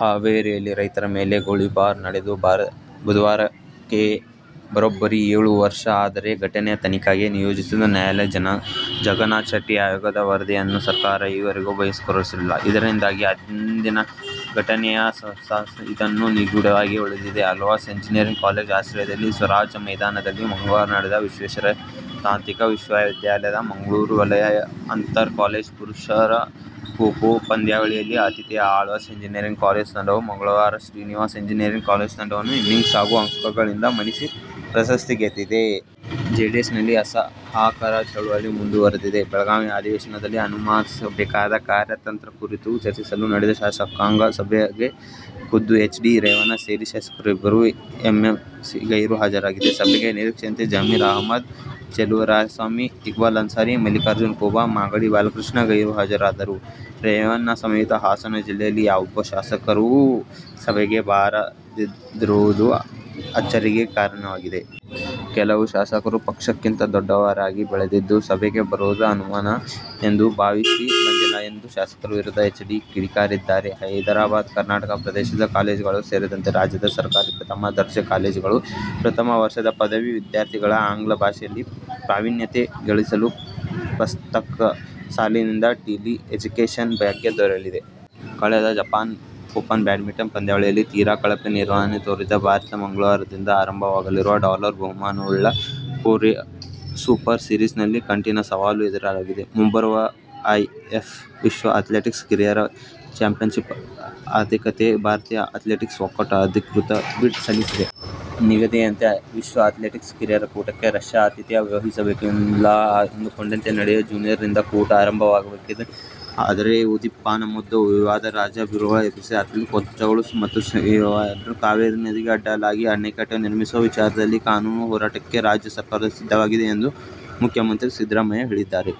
ಹಾವೇರಿಯಲ್ಲಿ ರೈತರ ಮೇಲೆ ಗೋಲಿಬಾರ್ ನಡೆದು ಬುಧವಾರಕ್ಕೆ ಬರೋಬ್ಬರಿ ಏಳು ವರ್ಷ. ಆದರೆ ಘಟನೆಯ ತನಿಖೆಗಾಗಿ ನಿಯೋಜಿಸಿದ್ದ ನ್ಯಾ ಜಗನ್ನಾಥ ಶೆಟ್ಟಿ ಆಯೋಗದ ವರದಿಯನ್ನು ಸರ್ಕಾರ ಈವರೆಗೂ ಬಹಿರಂಗಗೊಳಿಸಿಲ್ಲ. ಇದರಿಂದಾಗಿ ಅಂದಿನ ಘಟನೆಯ ಸತ್ಯಾಸತ್ಯತೆ ಇನ್ನು ನಿಗೂಢವಾಗಿಯೇ ಉಳಿದಿದೆ. ಆಳ್ವಾಸ್ ಎಂಜಿನಿಯರಿಂಗ್ ಕಾಲೇಜಿನ ಆಶ್ರಯದಲ್ಲಿ ಸ್ವರಾಜ್ಯ ಮೈದಾನದಲ್ಲಿ ಮಂಗಳವಾರ ನಡೆದ ವಿಶ್ವೇಶ್ವರಯ್ಯ ತಾಂತ್ರಿಕ ವಿಶ್ವವಿದ್ಯಾಲಯದ ಮಂಗಳೂರು ವಲಯ ಅಂತರ್ ಕಾಲೇಜು ಪುರುಷರ ಖೋ ಖೋ ಪಂದ್ಯಾವಳಿಯಲ್ಲಿ ಆತಿಥೇಯ ಆಳ್ವಾಸ್ ಎಂಜಿನಿಯರಿಂಗ್ ಕಾಲೇಜು ತಂಡವು ಮಂಗಳೂರು ಶ್ರೀನಿವಾಸ ಎಂಜಿನಿಯರಿಂಗ್ ಕಾಲೇಜು ತಂಡವನ್ನು ಇನ್ನಿಂಗ್ಸ್ ಹಾಗೂ ಅಂಕಗಳಿಂದ ಮಣಿಸಿ ಪ್ರಶಸ್ತಿ ಗೆದ್ದಿದೆ. ಜೆಡಿಎಸ್ನಲ್ಲಿ "ಅಸಹಕಾರ' ಚಳವಳಿ ಮುಂದು ವರಿದಿದ್ದು, ಬೆಳಗಾವಿ ಅಧಿ ವೇಶನದಲ್ಲಿ ಅನುಸರಿಸಬೇಕಾದ ಕಾರ್ಯತಂತ್ರ ಕುರಿತು ಚರ್ಚಿಸಲು ನಡೆದ ಶಾಸಕಾಂಗ ಸಭೆಗೆ ಖುದ್ದುಎಚ್. ಡಿ. ರೇವಣ್ಣ ಸೇರಿ ಶಾಸಕರು, ಇಬ್ಬರು ಎಂಎಲ್ಸಿಗಳು ಗೈರು ಹಾಜರಾಗಿದ್ದಾರೆ. ಸಭೆಗೆ ನಿರೀಕ್ಷೆಯಂತೆ ಜಮೀರ್ ಅಹಮದ್, ಚೆಲುವರಾಯಸ್ವಾಮಿ, ಇಕ್ಬಾಲ್ ಅನ್ಸಾರಿ, ಮಲ್ಲಿಕಾರ್ಜುನ ಕೂಬಾ, ಮಾಗಡಿ ಬಾಲಕೃಷ್ಣ ಗೈರು ಹಾಜರಾದರೂ ರೇವಣ್ಣ ಸಮೇತ ಹಾಸನ ಜಿಲ್ಲೆಯ ಯಾವೊಬ್ಬ ಶಾಸಕರೂ ಸಭೆಗೆ ಬಾರದಿರುವುದು ಅಚ್ಚರಿಗೆ ಕಾರಣವಾಗಿದೆ. "ಕೆಲವು ಶಾಸಕರು ಪಕ್ಷಕ್ಕಿಂತ ದೊಡ್ಡವರಾಗಿ ಬೆಳೆದಿದ್ದು, ಸಭೆಗೆ ಬರುವುದು ಅವಮಾನ ಎಂದು ಭಾವಿಸಿ ಬಂದಿಲ್ಲ' ಎಂದು ಶಾಸಕರ ವಿರುದ್ಧ ಎಚ್ಡಿಕೆ ಕಿಡಿಕಾರಿದ್ದಾರೆ. ಹೈದರಾಬಾದ್- ಕರ್ನಾಟಕ ಪ್ರದೇಶದ ಕಾಲೇಜುಗಳು ಸೇರಿದಂತೆ ರಾಜ್ಯದ ಸರ್ಕಾರಿ ಪ್ರಥಮ ದರ್ಜೆ ಕಾಲೇಜುಗಳ ಪ್ರಥಮ ವರ್ಷದ ಪದವಿ ವಿದ್ಯಾರ್ಥಿಗಳಿಗೆ ಆಂಗ್ಲ ಭಾಷೆಯಲ್ಲಿ ಪ್ರಾವೀಣ್ಯತೆ ಗಳಿಸಲು ಪ್ರಸಕ್ತ ಸಾಲಿನಿಂದ "ಟೆಲಿ ಎಜುಕೇಷನ್ ಭಾಗ್ಯ' ದೊರೆಯಲಿದೆ. ಕಳೆದ ಜಪಾನ್ ಓಪನ್ ಬ್ಯಾಡ್ಮಿಂಟನ್ ಪಂದ್ಯಾವಳಿಯಲ್ಲಿ ತೀರಾ ಕಳಪೆ ನಿರ್ವಹಣೆ ತೋರಿದ ಭಾರತಕ್ಕೆ ಮಂಗಳವಾರದಿಂದ ಆರಂಭವಾಗಲಿರುವ ಡಾಲರ್ ಬಹುಮಾನವುಳ್ಳ "ಕೊರಿಯಾ ಸೂಪರ್ ಸೀರೀಸ್'ನಲ್ಲಿ ಕಠಿನ ಸವಾಲು ಎದುರಾಗಲಿದೆ. ಮುಂಬರುವ ಐಎಎಎಫ್ ವಿಶ್ವ ಅಥ್ಲೆಟಿಕ್ಸ್ ಕಿರಿಯರ ಚಾಂಪಿಯನ್ಶಿಪ್ ಆತಿಥ್ಯಕ್ಕೆ ಭಾರತೀಯ ಅಥ್ಲೆಟಿಕ್ಸ್ ಒಕ್ಕೂಟ ಅಧಿಕೃತ ಬಿಡ್ ಸಲ್ಲಿಸಿದೆ. ನಿಗದಿಯಂತೆ ವಿಶ್ವ ಅಥ್ಲೆಟಿಕ್ಸ್ ಕಿರಿಯರ ಕೂಟಕ್ಕೆ ರಷ್ಯಾ ಆತಿಥ್ಯ ವಹಿಸಬೇಕಿತ್ತು. ಎಲ್ಲ ಅಂದುಕೊಂಡಂತೆ ನಡೆದಿದ್ದರೆ ಜು. ರಿಂದ ಕೂಟ ಆರಂಭವಾಗಬೇಕಿತ್ತು. ಆದರೆ ಉದ್ದೀಪನಾ ಮದ್ದು ವಿವಾದ ರಷ್ಯಾದಲ್ಲಿ ಬಿರುಗಾಳಿ ಎಬ್ಬಿಸಿ ಅಥ್ಲೀಟ್ಗಳು, ಕೋಚ್ಗಳು ಮತ್ತು ಸಿಬ್ಬಂದಿ ವ್ಯಾಪಕ ಡ್ರಗ್ಸ್ ಬಳಸಿ ಸಿಕ್ಕಿಬಿದ್ದಿದ್ದರು. ಮೇಕೆದಾಟು ಬಳಿ ಕಾವೇರಿ ನದಿಗೆ ಅಡ್ಡಲಾಗಿ ಅಣೆಕಟ್ಟು ನಿರ್ಮಿಸುವ ವಿಚಾರದಲ್ಲಿ ಕಾನೂನು ಹೋರಾಟಕ್ಕೆ ರಾಜ್ಯ ಸರ್ಕಾರ ಸಿದ್ಧವಾಗಿದೆ ಎಂದು ಮುಖ್ಯಮಂತ್ರಿ ಸಿದ್ದರಾಮಯ್ಯ ಹೇಳಿದ್ದಾರೆ.